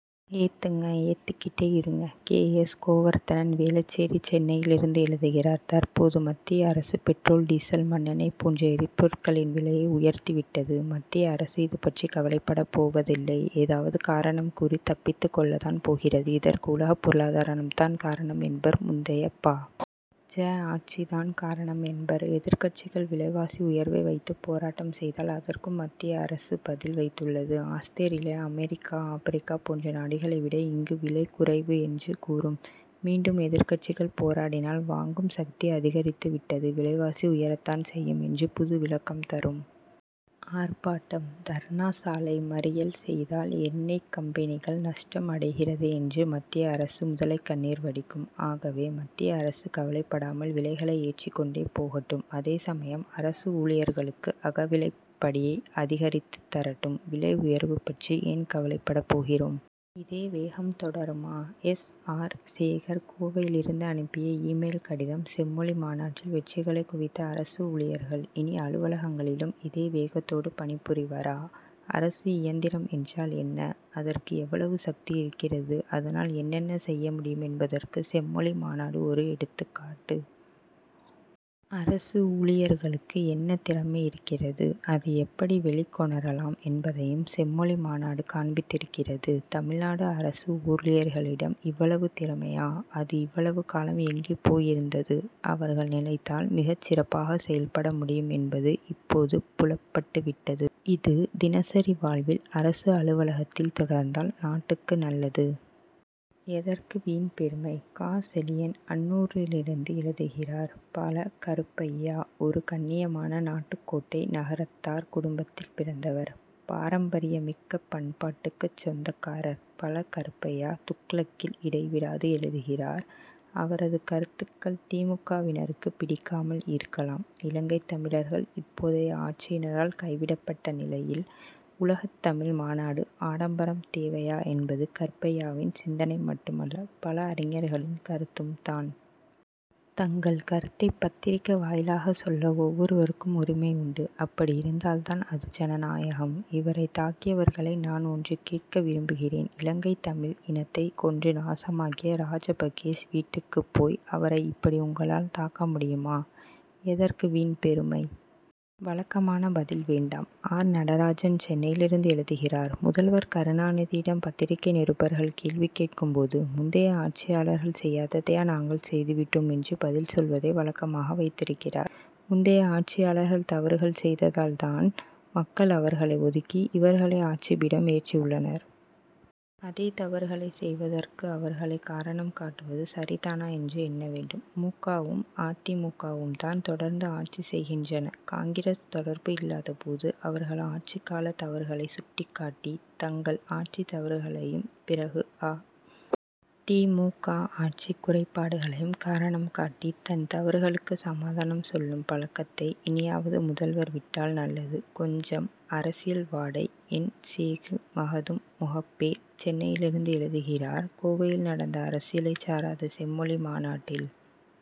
ஏத்துங்க, ஏத்திக்கிட்டே இருங்க K. S. Govardhanan, Velachery, சென்னையிலிருந்து எழுதுகிறார் தற்போது மத்திய அரசு, பெட்ரோல், டீசல், மண்ணெண்ணெய் போன்ற எரிபொருட்களின் விலையை உயர்த்திவிட்டது. மத்திய அரசு இதுபற்றி கவலைப்படப் போவதில்லை ஏதாவது காரணம் கூறி தப்பித்துக் கொள்ளத்தான் போகிறது. இதற்கு உலகப் பொருளாதாரம் தான் காரணம் என்பர் முந்தைய பா. ஜ., ஆட்சி தான் காரணம் என்பர். எதிர்க்கட்சிகள் விலைவாசி உயர்வை வைத்து போராட்டம் செய்தால், அதற்கும் மத்திய அரசு பதில் வைத்துள்ளதுஆஸ்திரேலியா, அமெரிக்கா, ஆப்ரிக்கா போன்ற நாடுகளைவிட, இங்கு விலை குறைவு என்று கூறும். மீண்டும் எதிர்க்கட்சிகள் போராடினால், வாங்கும் சக்தி அதிகரித்து விட்டது. விலைவாசி உயரத்தான் செய்யும் என்று புது விளக்கம் தரும். ஆர்ப்பாட்டம், தர்ணா, சாலை மறியல் செய்தால், எண்ணெய் கம்பெனிகள் நஷ்டம் அடைகிறதே என்று மத்திய அரசு முதலைக் கண்ணீர் வடிக்கும். ஆகவே, மத்திய அரசு கவலைப்படாமல் விலைகளை ஏற்றிக்கொண்டே போகட்டும். அதேசமயம், அரசு ஊழியர்களுக்கு அகவிலைப்படியை அதிகரித்துத் தரட்டும். விலை உயர்வு பற்றி ஏன் கவலைப்படப் போகிறோம். இதே வேகம் தொடருமா? எஸ். ஆர். சேகர், கோவையிலிருந்து அனுப்பிய, இ-மெயில் கடிதம் செம்மொழி மாநாட்டில் வெற்றிகளை குவித்த அரசு ஊழியர்கள், இனி அலுவலகங்களிலும் இதே வேகத்தோடு பணிபுரிவரா? அரசு இயந்திரம் என்றால் என்ன? அதற்கு எவ்வளவு சக்தி இருக்கிறதுஅதனால் என்னென்ன செய்ய முடியும் என்பதற்கு, செம்மொழி மாநாடு ஒரு எடுத்துக்காட்டு. அரசு ஊழியர்களுக்கு என்ன திறமை இருக்கிறது, அதை எப்படி வெளிக்கொணரலாம் என்பதையும், செம்மொழி மாநாடு காண்பித்திருக்கிறது. தமிழ்நாடு அரசு ஊழியர்களிடம் இவ்வளவு திறமையா? அது இவ்வளவு காலம் எங்கே போயிருந்தது? அவர்கள் நினைத்தால் மிகச் சிறப்பாக செயல்பட முடியும் என்பது இப்போது புலப்பட்டுவிட்டது. இது, தினசரி வாழ்வில், அரசு அலுவலகத்தில் தொடர்ந்தால் நாட்டுக்கு நல்லது! எதற்கு வீண் பெருமை! க. செழியன், அன்னூரிலிருந்து எழுதுகிறார் பழ. கருப்பையா, ஒரு கண்ணியமான நாட்டுக்கோட்டை நகரத்தார் குடும்பத்தில் பிறந்தவர். பாரம்பரியமிக்க பண்பாட்டுக்குச் சொந்தக்காரர். பழ. கருப்பையா, துக்ளக்கில் இடைவிடாது எழுதுகிறார். அவரது கருத்துக்கள், தி. மு. க.,வினருக்கு பிடிக்காமல் இருக்கலாம். இலங்கைத் தமிழர்கள் இப்போதைய ஆட்சியினரால் கைவிடப்பட்ட நிலையில், உலகத் தமிழ் மாநாடு ஆடம்பரம் தேவையா என்பது, கருப்பையாவின் சிந்தனை மட்டுமல்ல, பல அறிஞர்களின் கருத்தும் தான். தங்கள் கருத்தை பத்திரிகை வாயிலாக சொல்ல, ஒவ்வொருவருக்கும் உரிமை உண்டு. அப்படி இருந்தால் தான், அது, ஜனநாயகம். இவரை தாக்கியவர்களை, நான் ஒன்று கேட்க விரும்புகிறேன்இலங்கைத் தமிழ் இனத்தை கொன்று நாசமாக்கிய ராஜபக்ஷே வீட்டுக்கு போய், அவரை இப்படி உங்களால் தாக்க முடியுமா? எதற்கு வீண் பெருமை. வழக்கமான பதில் வேண்டாம் ஆர். நடராஜன், சென்னையிலிருந்து எழுதுகிறார் முதல்வர் கருணாநிதியிடம் பத்திரிகை நிருபர்கள் கேள்வி கேட்கும் போது, முந்தைய ஆட்சியாளர்கள் செய்யாததையா நாங்கள் செய்து விட்டோம் என்று பதில் சொல்வதை வழக்கமாக வைத்திருக்கிறார். முந்தைய ஆட்சியாளர்கள் தவறுகள் செய்ததால் தான், மக்கள் அவர்களை ஒதுக்கி, இவர்களை ஆட்சிபீடம் ஏற்றி உள்ளனர். அதே தவறுகளை செய்வதற்கு, அவர்களை காரணம் காட்டுவது சரி தானா என்று எண்ண வேண்டும். மு. க.,வும் அ. தி. மு. க., வும், தான் தொடர்ந்து ஆட்சி செய்கின்றன. காங்கிரஸ் தொடர்பு இல்லாத போது, அவர்கள் ஆட்சி கால தவறுகளை சுட்டிக் காட்டி, தங்கள் ஆட்சி தவறுகளையும், பிறகு அ. தி. மு. க., ஆட்சி குறைபாடுகளையும் காரணம் காட்டி, தன் தவறுகளுக்கு சமாதானம் சொல்லும் பழக்கத்தை, இனியாவது முதல்வர் விட்டால் நல்லது. கொஞ்சம் அரசியல் வாடை! என். சேகு மகதும், முகப்பேர், சென்னையிலிருந்து எழுதுகிறார் கோவையில் நடந்த அரசியலைச் சாராத செம்மொழி மாநாட்டில்,